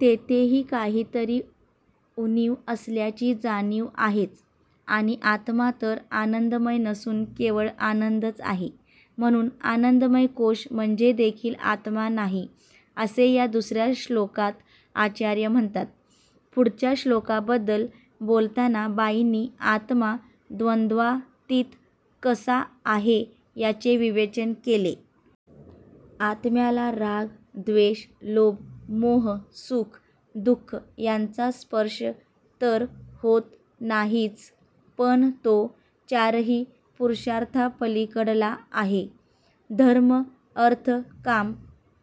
तेथेही काहीतरी उणीव असल्याची जाणीव आहेच. आणि आत्मा तर आनंदमय नसून केवळ आनंदच आहे. म्हणून आनंदमयकोश म्हणजेदेखील आत्मा नाही असे या दुसऱ्या श्लोकात आचार्य म्हणतात. पुढच्या श्लोकाबद्दल बोलताना बाईंनी आत्मा द्वंद्वातीत कसा आहे याचे विवेचन केले. आत्म्याला राग, द्वेष, लोभ, मोह, सुख दुःख यांचा स्पर्श तर होत नाहीच. पण तो चारही पुरुषार्थांपलीकडला आहे. धर्म, अर्थ, काम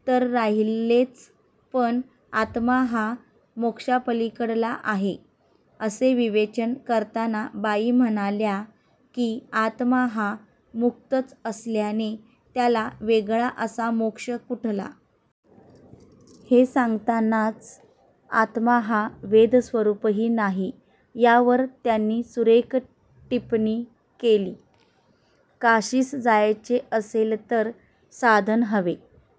तर राहिलेच पण आत्मा हा मोक्षापलीकडला आहे असे विवेचन करताना बाई म्हणाल्या की आत्मा हा मुक्तच असल्याने त्याला वेगळा असा मोक्ष कुठला? हे सांगतानाच आत्मा हा वेदस्वरूपही नाही यावर त्यांनी सुरेख टिप्पणी केली. काशीस जायचे असेल तर साधन हवे.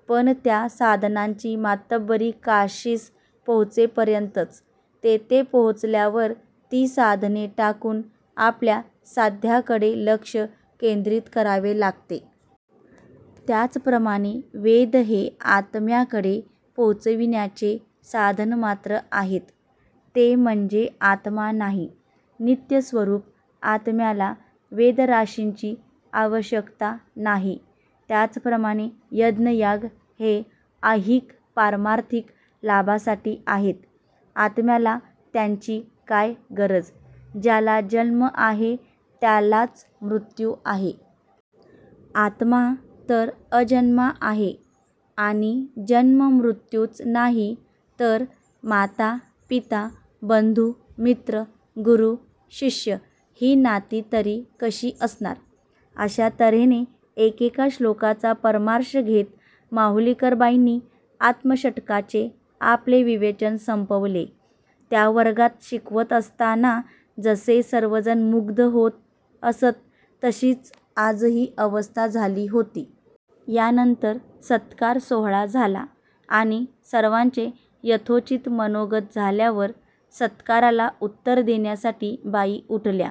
पण त्या साधनांची मातब्बरी काशीस पोहोचेपर्यंतच, तेथे पोहोचल्यावर ती साधने टाकून आपल्या साध्याकडे लक्ष केंद्रित करावे लागते. त्याचप्रमाणे वेद हे आत्म्याकडे पोहोचविण्याचे साधनमात्र आहेत. ते म्हणजे आत्मा नाही. नित्यस्वरूप आत्म्याला वेदराशींची आवश्यकता नाही. त्याचप्रमाणे यज्ञयाग हे ऐहिक, पारमार्थिक लाभासाठी आहेत. आत्म्याला त्यांची काय गरज? ज्याला जन्म आहे त्यालाच मृत्यू आहे. आत्मा तर अजन्मा आहे. आणि जन्म मृत्यूच नाही तर माता पिता, बंधू, मित्र, गुरू शिष्य ही नाती तरी कशी असणार? अशा तऱ्हेने एकेका श्लोकाचा परामर्श घेत माहुलीकरबाईंनी आत्मषटकाचे आपले विवेचन संपवले. त्या वर्गात शिकवत असताना जसे सर्वजण मुग्ध होत असत तशीच आजही अवस्था झाली होती. यानंतर सत्कार सोहळा झाला. आणि सर्वांचे यथोचित मनोगत झाल्यावर सत्काराला उत्तर देण्यासाठी बाई उठल्या.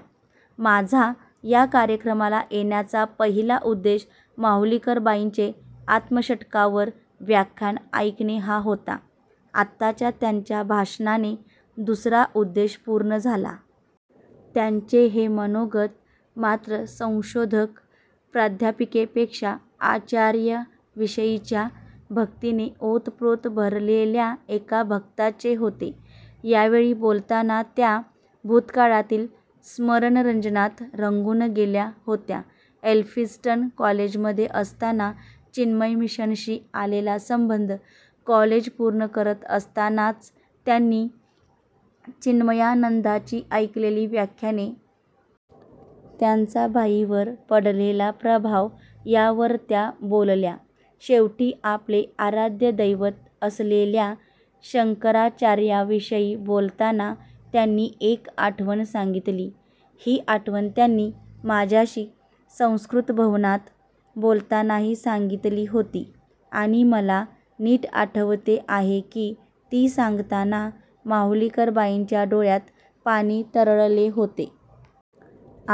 माझा या कार्यक्रमाला येण्याचा पहिला उद्देश माहुलीकरबाईंचे आत्मषटकावर व्याख्यान ऐकणे हा होता. आताच्या त्यांच्या भाषणाने दुसरा उद्देश पूर्ण झाला. त्यांचे हे मनोगत मात्र संशोधक, प्राध्यापिकेपेक्षा आचार्यांविषयीच्या भक्तीने ओतप्रोत भरलेल्या एका भक्ताचे होते. यावेळी बोलताना त्या भूतकाळातील स्मरणरंजनात रंगून गेल्या होत्या. एल्फिन्स्टन कॉलेजमध्ये असताना चिन्मयमिशनशी आलेला संबंध, कॉलेज पूर्ण करत असतानाच त्यांनी चिन्मयानंदांची ऐकलेली व्याख्याने. त्यांचा बाईंवर पडलेला प्रभाव यावर त्या बोलल्या. शेवटी आपले आराध्य दैवत असलेल्या शंकराचार्यांविषयी बोलताना त्यांनी एक आठवण सांगितली. ही आठवण त्यांनी माझ्याशी संस्कृतभवनात बोलतानाही सांगितली होती. आणि मला नीट आठवते आहे की ती सांगताना माहुलीकरबाईंच्या डोळ्यांत पाणी तरळले होते.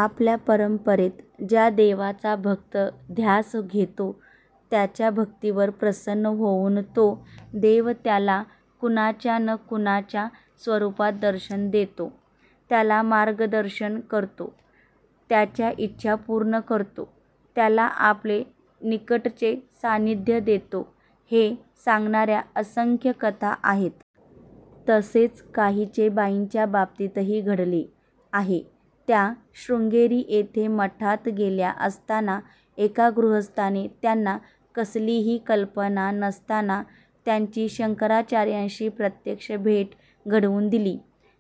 आपल्या परंपरेत ज्या देवाचा भक्त ध्यास घेतो, त्याच्या भक्तीवर प्रसन्न होऊन तो देव त्याला कुणाच्या न कुणाच्या स्वरूपात दर्शन देतो, त्याला मार्गदर्शन करतो, त्याच्या इच्छा पूर्ण करतो, त्याला आपले निकटचे सान्निध्य देतो हे सांगणाऱ्या असंख्य कथा आहेत. तसेच काहीचे बाईंच्या बाबतीतही घडले आहे. त्या शृंगेरी येथे मठात गेल्या असताना एका गृहस्थाने त्यांना कसलीही कल्पना नसताना त्यांची शंकराचार्यांशी प्रत्यक्ष भेट घडवून दिली.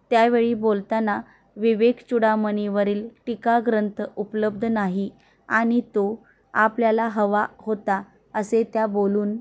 त्यावेळी बोलताना विवेकचूडामणीवरील टीकाग्रंथ उपलब्ध नाही आणि तो आपल्याला हवा होता असे त्या बोलून